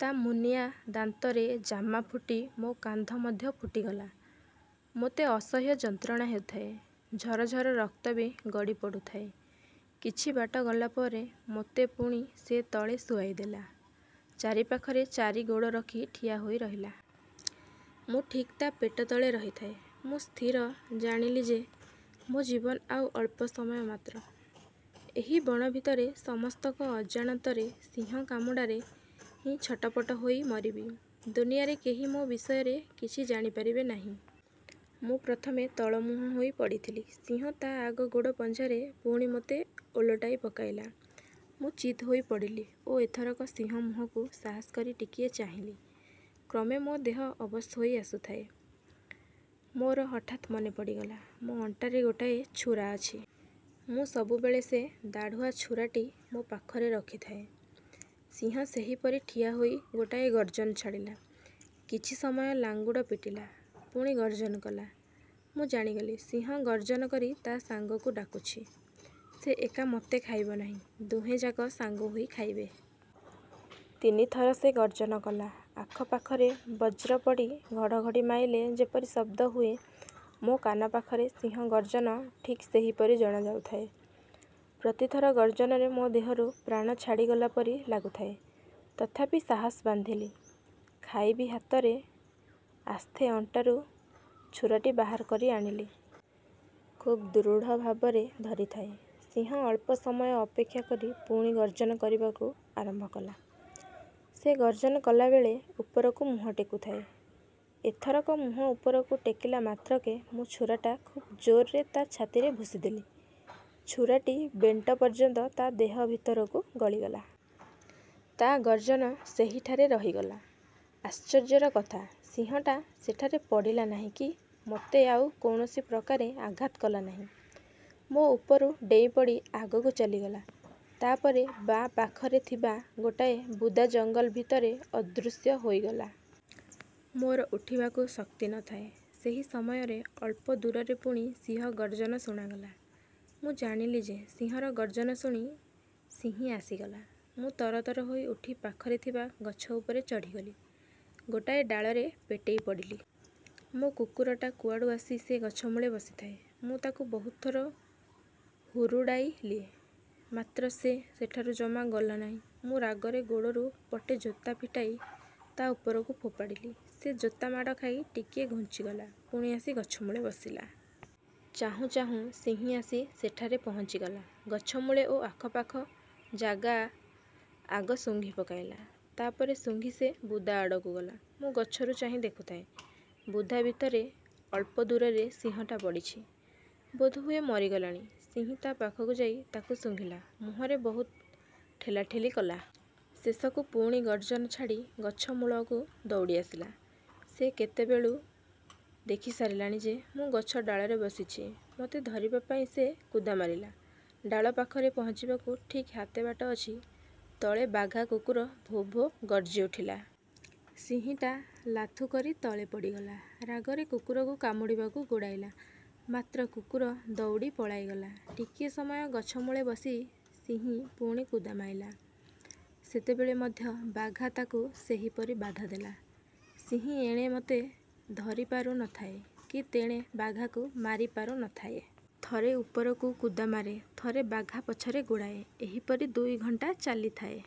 ତା' ମୁନିଆଁ ଦାନ୍ତରେ ଜାମା ଫୁଟି ମୋ କାନ୍ଧ ମଧ୍ୟ ଫୁଟିଗଲା। ମୋତେ ଅସହ୍ୟ ଯନ୍ତ୍ରଣା ହେଉଥାଏ; ଝରଝର ରକ୍ତ ବି ଗଡ଼ି ପଡ଼ୁଥାଏ। କିଛି ବାଟ ଗଲା ପରେ ମୋତେ ପୁଣି ସେ ତଳେ ଶୁଆଇ ଦେଲା। ଚାରିପାଖରେ ଚାରି ଗୋଡ଼ ରଖି ଠିଆ ହୋଇ ରହିଲା। ମୁଁ ଠିକ୍ ତା' ପେଟ ତଳେ ରହିଥାଏଁ। ମୁଁ ସ୍ଥିର ଜାଣିଲି ଯେ, ମୋ ଜୀବନ ଆଉ ଅଳ୍ପ ସମୟ ମାତ୍ର। ଏହି ବଣ ଭିତରେ ସମସ୍ତଙ୍କ ଅଜାଣତରେ ସିଂହ କାମୁଡ଼ାରେ ହିଁ ଛଟପଟ ହୋଇ ମରିବି। ଦୁନିଆରେ କେହି ମୋ ବିଷୟରେ କିଛି ଜାଣିପାରିବେ ନାହିଁ। ମୁଁ ପ୍ରଥମେ ତଳମୁହଁ। ହୋଇ ପଡ଼ିଥିଲି ସିଂହ ତା' ଆଗ ଗୋଡ଼ ପଞ୍ଝାରେ ପୁଣି ମୋତେ ଓଲଟାଇ ପକାଇଲା। ମୁଁ ଚିତ୍ ହୋଇ ପଡ଼ିଲି ଓ ଏଥରକ ସିଂହ ମୁହଁକୁ ସାହସ କରି ଟିକିଏ ଚାହିଁଲି-। କ୍ରମେ ମୋ ଦେହ ଅବଶ ହୋଇ ଆସୁଥାଏ। ମୋର ହଠାତ୍ ମନେ ପଡ଼ିଗଲା, ମୋ ଅଣ୍ଟାରେ ଗୋଟାଏ ଛୁରା ଅଛି। ମୁଁ ସବୁବେଳେ ସେ ଦାଢ଼ୁଆ ଛୁରାଟି ମୋ ପାଖରେ ରଖିଥାଏ। ସିଂହ ସେହିପରି ଠିଆ ହୋଇ ଗୋଟାଏ ଗର୍ଜନ ଛାଡ଼ିଲା। କିଛି ସମୟ ଲାଙ୍ଗୁଡ଼ ପିଟିଲା; ପୁଣି ଗର୍ଜନ କଲା। ମୁଁ ଜାଣିଗଲି, ସିଂହ ଗର୍ଜନ କରି ତା' ସାଙ୍ଗକୁ ଡାକୁଛି। ସେ ଏକା ମୋତେ ଖାଇବ ନାହିଁ; ଦୁହେଁଯାକ ସାଙ୍ଗ ହୋଇ ଖାଇବେ। ତିନି ଥର ସେ ଗର୍ଜନ କଲା। ଆଖପାଖରେ ବଜ୍ର ପଡ଼ି ଘଡ଼ଘଡ଼ି ମାଇଲେ ଯେପରି ଶବ୍ଦ ହୁଏ, ମୋ କାନପାଖରେ ସିଂହ ଗର୍ଜନ ଠିକ୍ ସେହିପରି ଜଣାଯାଉଥାଏ। ପ୍ରତିଥର ଗର୍ଜନରେ ମୋ ଦେହରୁ ପ୍ରାଣ ଛାଡ଼ିଗଲା ପରି ଲାଗୁଥାଏ। ତଥାପି ସାହସ ବାନ୍ଧିଲି। ଖାଇବି ହାତରେ ଆସ୍ତେ ଅଣ୍ଟାରୁ ଛୁରାଟି ବାହାର କରି ଆଣିଲି। ଖୁବ ଦୃଢ଼ଭାବରେ ଧରିଥାଏ। ସିଂହ ଅଳ୍ପ ସମୟ ଅପେକ୍ଷା କରି ପୁଣି ଗର୍ଜନ କରିବାକୁ ଆରମ୍ଭ କଲା। ସେ ଗର୍ଜନ କଲାବେଳେ ଉପରକୁ ମୁହଁ ଟେକୁଥାଏ। ଏଥରକ ମୁହଁ ଉପରକୁ ଟେକିଲା ମାତ୍ରକେ ମୁଁ ଛୁରାଟା ଖୁବ୍ ଜୋରରେ ତା' ଛାତିରେ ଭୁଷିଦେଲି। ଛୁରାଟି ବେଣ୍ଟ ପର୍ଯ୍ୟନ୍ତ ତା' ଦେହ ଭିତରକୁ ଗଳିଗଲା। ତା' ଗର୍ଜନ ସେହିଠାରେ ରହିଗଲା। ଆଶ୍ଚର୍ଯ୍ୟର କଥା, ସିଂହଟା ସେଠାରେ ପଡ଼ିଲା ନାହିଁ କି ମୋତେ ଆଉ କୌଣସି ପ୍ରକାରେ ଆଘାତ କଲା ନାହିଁ। ମୋ ଉପରୁ ଡେଇଁପଡ଼ି ଆଗକୁ ଚାଲିଗଲା। ତା'ପରେ ବାଁ ପାଖରେ ଥିବା ଗୋଟାଏ ବୁଦା ଜଙ୍ଗଲ ଭିତରେ ଅଦୃଶ୍ୟ ହୋଇଗଲା। ମୋର ଉଠିବାକୁ ଶକ୍ତି ନ ଥାଏ। ସେହି ସମୟରେ ଅଳ୍ପ ଦୂରରେ ପୁଣି ସିଂହ ଗର୍ଜନ ଶୁଣାଗଲା। ମୁଁ ଜାଣିଲି ଯେ, ସିଂହର ଗର୍ଜନ ଶୁଣି ସିଂହୀ ଆସିଗଲା। ମୁଁ ତରତର ହୋଇ ଉଠି ପାଖରେ ଥିବା ଗଛ ଉପରେ ଚଢ଼ିଗଲି। ଗୋଟାଏ ଡାଳରେ ପେଟେଇ ପଡ଼ିଲି। ମୋ କୁକୁରଟା କୁଆଡ଼ୁ ଆସି ସେ ଗଛମୂଳେ ବସିଥାଏ। ମୁଁ ତାକୁ ବହୁତ ଥର ହୁରୁଡ଼ାଇଲି; ମାତ୍ର ସେ ସେଠାରୁ ଜମା ଗଲା ନାହିଁ। ମୁଁ ରାଗରେ ଗୋଡ଼ରୁ ପଟେ ଜୋତା ଫିଟାଇ ତା' ଉପରକୁ ଫୋପାଡ଼ିଲି। ସେ ଜୋତା ମାଡ଼ ଖାଇ ଟିକିଏ ଘୁଞ୍ଚିଗଲା, ପୁଣି ଆସି ଗଛମୂଳେ ବସିଲା। ଚାହୁଁ ଚାହୁଁ ସିଂହୀ ଆସି ସେଠାରେ ପହଞ୍ଚିଗଲା, ଗଛମୂଳେ ଓ ପାଖଆଖ ଜାଗା ଆଗ ଶୁଙ୍ଘି ପକାଇଲା। ତା'ପରେ ଶୁଙ୍ଘି ସେ ବୁଦାଆଡ଼କୁ ଗଲା। ମୁଁ ଗଛରୁ ଚାହିଁ ଦେଖୁଥାଏଁ, ବୁଦା ଭିତରେ ଅଳ୍ପ ଦୂରରେ ସିଂହଟା ପଡ଼ିଛି-ବୋଧହୁଏ ମରିଗଲାଣି। ସିଂହୀ ତା' ପାଖକୁ ଯାଇ ତାକୁ ଶୁଙ୍ଘିଲା, ମୁହଁରେ ବହୁତ ଠେଲାଠେଲି କଲା। ଶେଷକୁ ପୁଣି ଗର୍ଜନ ଛାଡ଼ି ଗଛ ମୂଳକୁ ଦଉଡ଼ି ଆସିଲା। ସେ କେତେବେଳୁ ଦେଖିସାରିଲାଣି ଯେ, ମୁଁ ଗଛ ଡାଳରେ ବସିଛି। ମୋତେ ଧରିବା ପାଇଁ ସେ କୁଦା ମାଇଲା। ଡାଳ ପାଖରେ ପହଞ୍ଚିବାକୁ ଠିକ୍ ହାତେ ବାଟ ଅଛି, ତଳେ ବାଘା କୁକୁର ଭୋ ଭୋ ଗର୍ଜିଉଠିଲା। ସିଂହୀଟା ଲାଥୁ କରି ତଳେ ପଡ଼ିଗଲା। ରାଗରେ କୁକୁରକୁ କାମୁଡ଼ିବାକୁ ଗୋଡ଼ାଇଲା; ମାତ୍ର କୁକୁର ଦଉଡ଼ି ପଳାଇଗଲା। ଟିକିଏ ସମୟ ଗଛମୂଳେ ବସି ସିଂହୀ ପୁଣି କୁଦା ମାଇଲା। ସେତେବେଳେ ମଧ୍ୟ ବାଘା ତାକୁ ସେହିପରି ବାଧା ଦେଲା। ସିଂହୀ ଏଣେ ମୋତେ ଧରିପାରୁ ନ ଥାଏ, କି ତେଣେ ବାଘାକୁ ମାରିପାରୁ ନ ଥାଏ। ଥରେ ଉପରକୁ କୁଦା ମାରେ, ଥରେ ବାଘା ପଛରେ ଗୋଡ଼ାଏ-ଏହିପରି ଦୁଇ ଘଣ୍ଟାଯାଏ ଚାଲିଥାଏ।